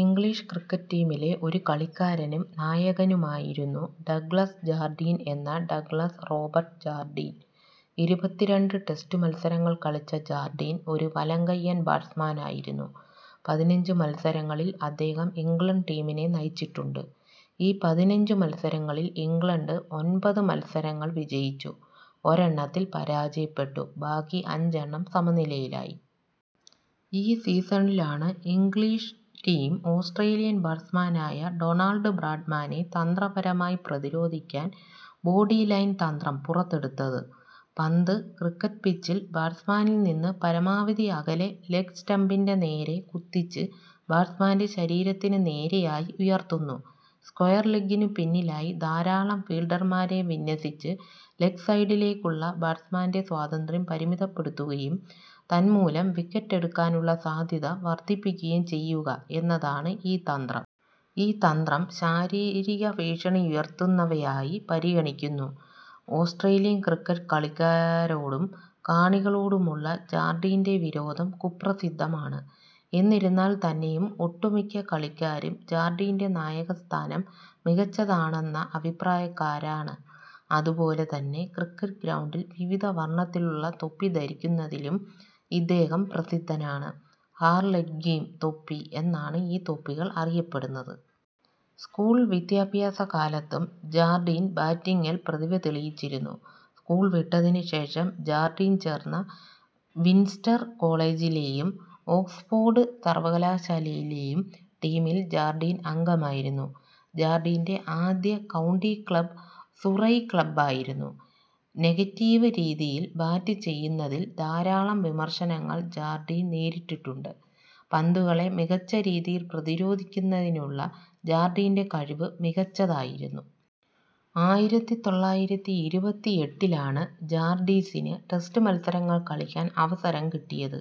English cricket ടീമിലെ ഒരു കളിക്കാരനും നായകനുമായിരുന്നു ഡഗ്ലസ് ജാർഡീൻ എന്ന ഡഗ്ലസ് റോബർട്ട് ജാർഡീൻ. ഇരുപത്തിരണ്ട് ടെസ്റ്റ് മത്സരങ്ങൾ കളിച്ച ജാർഡീൻ ഒരു വലംകയ്യൻ ബാറ്റ്സ്മാനായിരുന്നു. പതിനഞ്ച് മത്സരങ്ങളിൽ അദ്ദേഹം ഇംഗ്ലണ്ട് ടീമിനെ നയിച്ചിട്ടുണ്ട്. ഈ പതിനഞ്ചുമത്സരങ്ങളിൽ ഇംഗ്ലണ്ട് ഒൻപത് മത്സരങ്ങൾ വിജയിച്ചു, ഒരെണ്ണത്തിൽ പരാജയപ്പെട്ടു ബാക്കി അഞ്ചെണ്ണം സമനിലയിലായി. ഈ സീസണിലാണ് ഇംഗ്ലീഷ് ടീം ഓസ്ട്രേലിയൻ ബാറ്റ്സ്മാനായ ഡൊണാൾഡ് ബ്രാഡ്മാനെ തന്ത്രപരമായി പ്രതിരോധിക്കാൻ ബോഡിലൈൻ തന്ത്രം പുറത്തെടുത്തത്. പന്ത്, ക്രിക്കറ്റ് പിച്ചിൽ ബാറ്റ്സ്മാനിൽ നിന്ന് പരമാവധി അകലെ ലെഗ് സ്റ്റമ്പിൻ്റെ നേരെ കുത്തിച്ച് ബാറ്റ്സ്മാൻ്റെ ശരീരത്തിനു നേരെയായി ഉയർത്തുന്നു. സ്ക്വയർ ലെഗ്ഗിനു പിന്നിലായി ധാരാളം ഫീൽഡർമാരെ വിന്യസിച്ച് ലെഗ് സൈഡിലേക്കുള്ള ബാറ്റ്സ്മാൻ്റെ സ്വാതന്ത്ര്യം പരിമിതപ്പെടുത്തുകയും തന്മൂലം വിക്കറ്റെടുക്കാനുള്ള സാധ്യത വർദ്ധിപ്പിക്കുകയും ചെയ്യുക എന്നതാണ് ഈ തന്ത്രം. ഈ തന്ത്രം ശാരീരിക ഭീഷണിയുയർത്തുന്നവയായി പരിഗണിക്കുന്നു. ഓസ്ട്രേലിയൻ ക്രിക്കറ്റ് കളിക്കാരോടും കാണികളോടുമുള്ള ജാർഡീൻ്റെ വിരോധം കുപ്രസിദ്ധമാണ്. എന്നിരുന്നാൽ തന്നെയും ഒട്ടുമിക്ക കളിക്കാരും ജാർഡീൻ്റെ നായകസ്ഥാനം മികച്ചതാണെന്ന അഭിപ്രായക്കാരാണ്. അതുപോലെ തന്നെ ക്രിക്കറ്റ് ഗ്രൗണ്ടിൽ വിവിധ വർണ്ണത്തിലുള്ള തൊപ്പി ധരിക്കുന്നതിലും ഇദ്ദേഹം പ്രസിദ്ധനാണ്. ഹാർലെക്വിം തൊപ്പി എന്നാണ് ഈ തൊപ്പികൾ അറിയപ്പെടുന്നത്. സ്കൂൾ വിദ്യാഭ്യാസക്കാലത്തും ജാർഡീൻ ബാറ്റിംഗിൽ പ്രതിഭതെളിയിച്ചിരുന്നു. സ്കൂൾ വിട്ടതിനുശേഷം ജാർഡീൻ ചേർന്ന വിൻസ്റ്റർ കോളേജിലേയും ഓക്സ്ഫോർഡ് സർവകലാശാലയിലെയും ടീമിൽ ജാർഡീൻ അംഗമായിരുന്നു. ജാർഡീൻ്റെ ആദ്യ കൗണ്ടി ക്ലബ്ബ് സുറൈ ക്ലബ്ബായിരുന്നു. നെഗറ്റീവ് രീതിയിൽ ബാറ്റു ചെയ്യുന്നതിൽ ധാരാളം വിമർശനങ്ങൽ ജാർഡീൻ നേരിട്ടിട്ടുണ്ട്. പന്തുകളെ മികച്ച രീതിയിൽ പ്രതിരോധിക്കുന്നതിനുള്ള ജാർഡീൻ്റെ കഴിവ് മികച്ചതായിരുന്നു. ആയിരത്തിതൊള്ളായിരത്തിഇരുപത്തിഎട്ടിലാണ് ജാർഡീന് ടെസ്റ്റ് മത്സരങ്ങൾ കളിയ്ക്കാൻ അവസരം കിട്ടിയത്.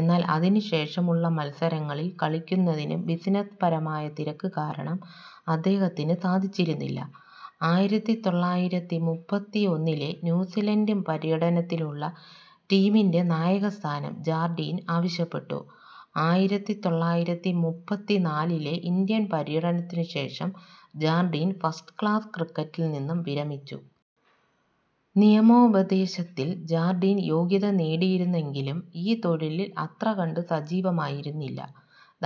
എന്നാൽ അതിനു ശേഷമുള്ള മത്സരങ്ങളിൽ കളിക്കുന്നതിന് ബിസിനസ്സ് പരമായ തിരക്ക് കാരണം അദ്ദേഹത്തിന് സാധിച്ചിരുന്നില്ല. ആയിരത്തിതൊള്ളായിരത്തിമുപ്പത്തിഒന്നിലെ ന്യൂസിലൻഡ് പര്യടനത്തിനുള്ള ടീമിൻ്റെ നായകസ്ഥാനം ജാർഡീൻ ആവിശ്യപ്പെട്ടു. ആയിരത്തിതൊള്ളായിരത്തിമുപ്പത്തിനാലിലെ ഇന്ത്യൻ പര്യടനത്തിനു ശേഷം ജാർഡീൻ ഫസ്റ്റ് ക്ലാസ് ക്രിക്കറ്റിൽ നിന്നും വിരമിച്ചു. നിയമോപദേശത്തിൽ ജാർഡീൻ യോഗ്യത നേടിയിരുന്നെങ്കിലും ഈ തൊഴിലിൽ അത്രകണ്ട് സജീവമായിരുന്നില്ല.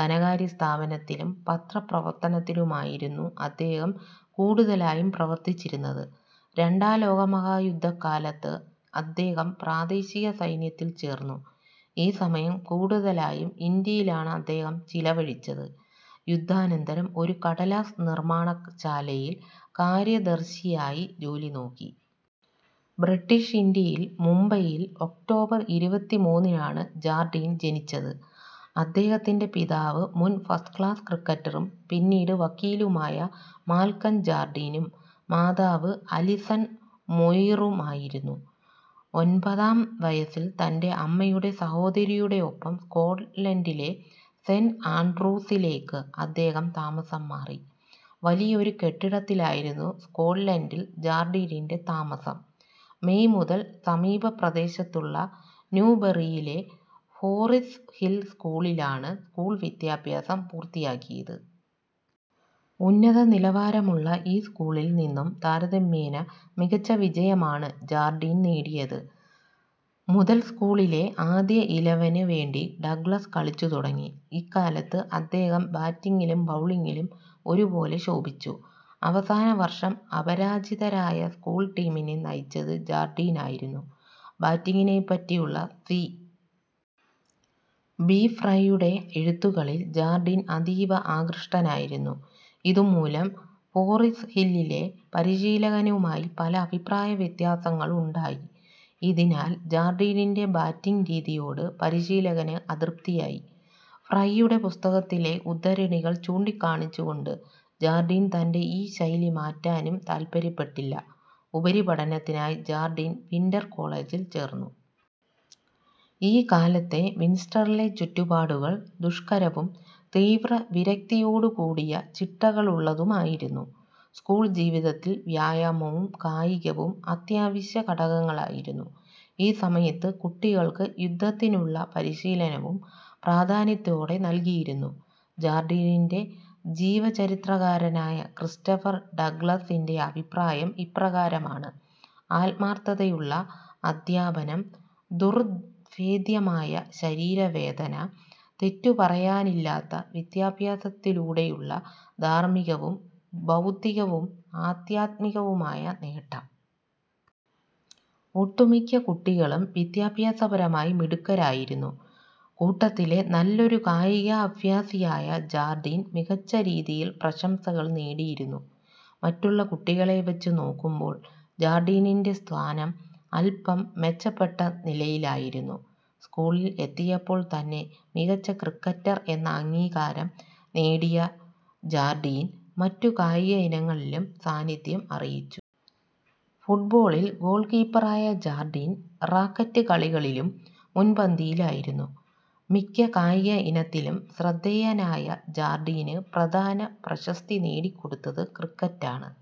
ധനകാര്യസ്ഥാപനത്തിലും പത്രപ്രവർത്തനത്തിലുമായിരുന്നു അദ്ദേഹം കൂടുതലായും പ്രവർത്തിച്ചിരുന്നത്. രണ്ടാം ലോകമഹായുദ്ധക്കാലത്ത് അദ്ദേഹം പ്രാദേശിക സൈന്യത്തിൽ ചേർന്നു, ഈ സമയം കൂടുതലായും ഇന്ത്യയിലാണ് അദ്ദേഹം ചിലവഴിച്ചത്. യുദ്ധാനന്തരം ഒരു കടലാസ് നിർമ്മാണ ശാലയിൽ കാര്യദർശിയായി ജോലി നോക്കി. ബ്രിട്ടീഷ് ഇന്ത്യയിൽ മുംബൈയിൽ ഒക്ടോബർ ഇരുപത്തിമൂന്നിനാണ് ജാർഡീൻ ജനിച്ചത്. അദ്ദേഹത്തിൻ്റെ പിതാവ് മുൻ ഫസ്റ്റ് ക്ലാസ് ക്രിക്കറ്ററും പിന്നീട് വക്കീലുമായ മാൽക്കം ജാർഡീനും മാതാവ് അലിസൺ മൊയിറുമായിരുന്നു. ഒൻപതാം വയസ്സിൽ തൻ്റെ അമ്മയുടെ സഹോദരിയുടെ ഒപ്പം സ്കോട്ട്ലൻ്റിലെ സെൻ്റ്. ആൻഡ്രൂസിലേക്ക് അദ്ദേഹം താമസംമാറി. വലിയൊരു കെട്ടിടത്തിലായിരുന്നു സ്കോട്ട്ലൻ്റിൽ ജാർഡീൻ്റെ താമസം, മെയ് മുതൽ സമീപ പ്രദേശത്തുള്ള ന്യൂബറിയിലെ ഹോറിസ് ഹിൽ സ്കൂളിലാണ് സ്ക്കൂൾ വിദ്യാഭ്യാസം പൂർത്തിയാക്കിയത്. ഉന്നത നിലവാരമുള്ള ഈ സ്കൂളിൽ നിന്നും താരതമ്യേനെ മികച്ച വിജയമാണ് ജാർഡീൻ നേടിയത്. മുതൽ സ്കൂളിലെ ആദ്യ ഇലവന് വേണ്ടി ഡഗ്ലസ് കളിച്ചുതുടങ്ങി, ഇക്കാലത്ത് അദ്ദേഹം ബാറ്റിംഗിലും ബൗളിംഗിലും ഒരു പോലെ ശോഭിച്ചു. അവസാന വർഷം അപരാജിതരായ സ്കൂൾ ടീമിനെ നയിച്ചത് ജാർഡീനായിരുന്നു. ബാറ്റിംഗിനെ പറ്റിയുള്ള സി. ബി. ഫ്രൈയുടെ എഴുത്തുകളിൽ ജാർഡീൻ അതീവ ആകൃഷ്ടനായിരുന്നു, ഇതു മൂലം ഹോറിസ് ഹില്ലിലെ പരിശീലകനവുമായി പല അഭിപ്രായ വ്യത്യാസങ്ങളുമുണ്ടായി. ഇതിനാൽ ജാർഡീൻ്റെ ബാറ്റിംഗ് രീതിയോട് പരീശിലകന് അതൃപ്തിയായി, ഫ്രൈയുടെ പുസ്തകത്തിലെ ഉദ്ധരണികൾ ചൂണ്ടികാണിച്ചുകൊണ്ട് ജാർഡീൻ തൻ്റെ ഈ ശൈലി മാറ്റാനും താല്പര്യപ്പെട്ടില്ല. ഉപരിപഠനത്തിനായി ജാർഡീൻ വിൻസ്റ്റർ കോളജിൽ ചേർന്നു. ഈ കാലത്തെ വിൻസ്റ്ററിലെ ചുറ്റുപാടുകൾ ദുഷ്കരവും തീവ്രവിരക്തിയോടുകൂടിയ ചിട്ടകളുള്ളതുമായിരുന്നു. സ്കൂൾ ജീവിതത്തിൽ വ്യായാമവും കായികവും അത്യാവിശ്യ ഘടകങ്ങളായിരുന്നു. ഈ സമയത്ത് കുട്ടികൾക്ക് യുദ്ധത്തിനുള്ള പരീശിലനവും പ്രാധാന്യത്തോടെ നൽകിയിരുന്നു. ജാർഡീൻ്റെ ജീവചരിത്രകാരനായ ക്രിസ്റ്റഫർ ഡഗ്ലസിൻ്റെ അഭിപ്രായം ഇപ്രകാരമാണ്, ആത്മാർത്ഥതയുളള അധ്യാപനം, ദുർഭേദ്യമായ ശരീര വേദന, തെറ്റുപറയാനില്ലാത്ത വിദ്യാഭ്യാസത്തിലൂടെയുള്ള ധാർമ്മികവും ബൗദ്ധികവും ആദ്ധ്യാത്മികവുമായ നേട്ടം. ഒട്ടുമിക്ക കുട്ടികളും വിദ്യാഭ്യാസപരമായി മിടുക്കരായിരുന്നു, കൂട്ടത്തിലെ നല്ലൊരു കായികാഭ്യാസിയായ ജാർഡീൻ മികച്ച രീതിയിൽ പ്രശംസകൾ നേടിയിരുന്നു. മറ്റുള്ള കുട്ടികളെ വച്ച് നോക്കുമ്പോൾ ജാർഡീൻ്റെ സ്ഥാനം അല്പം മെച്ചപ്പെട്ട നിലയിലായിരുന്നു. സ്കൂളിൽ എത്തിയപ്പോൾ തന്നെ മികച്ച ക്രിക്കറ്റർ എന്ന അംഗീകരാം നേടിയ ജാർഡീൻ മറ്റു കായിക ഇനങ്ങളിലും സാനിധ്യം അറിയിച്ചു. ഫുട്ബോളിൽ ഗ്ഗോൾകിപ്പറായ ജാർഡീൻ റാക്കറ്റ് കളികളിലും മുൻപന്തിയിലായിരുന്നു. മിക്ക കായിക ഇനത്തിലും ശ്രദ്ധേയനായ ജാർഡിന് പ്രധാന പ്രശസ്തിനേടികൊടുത്തത് ക്രിക്കറ്റാണ്.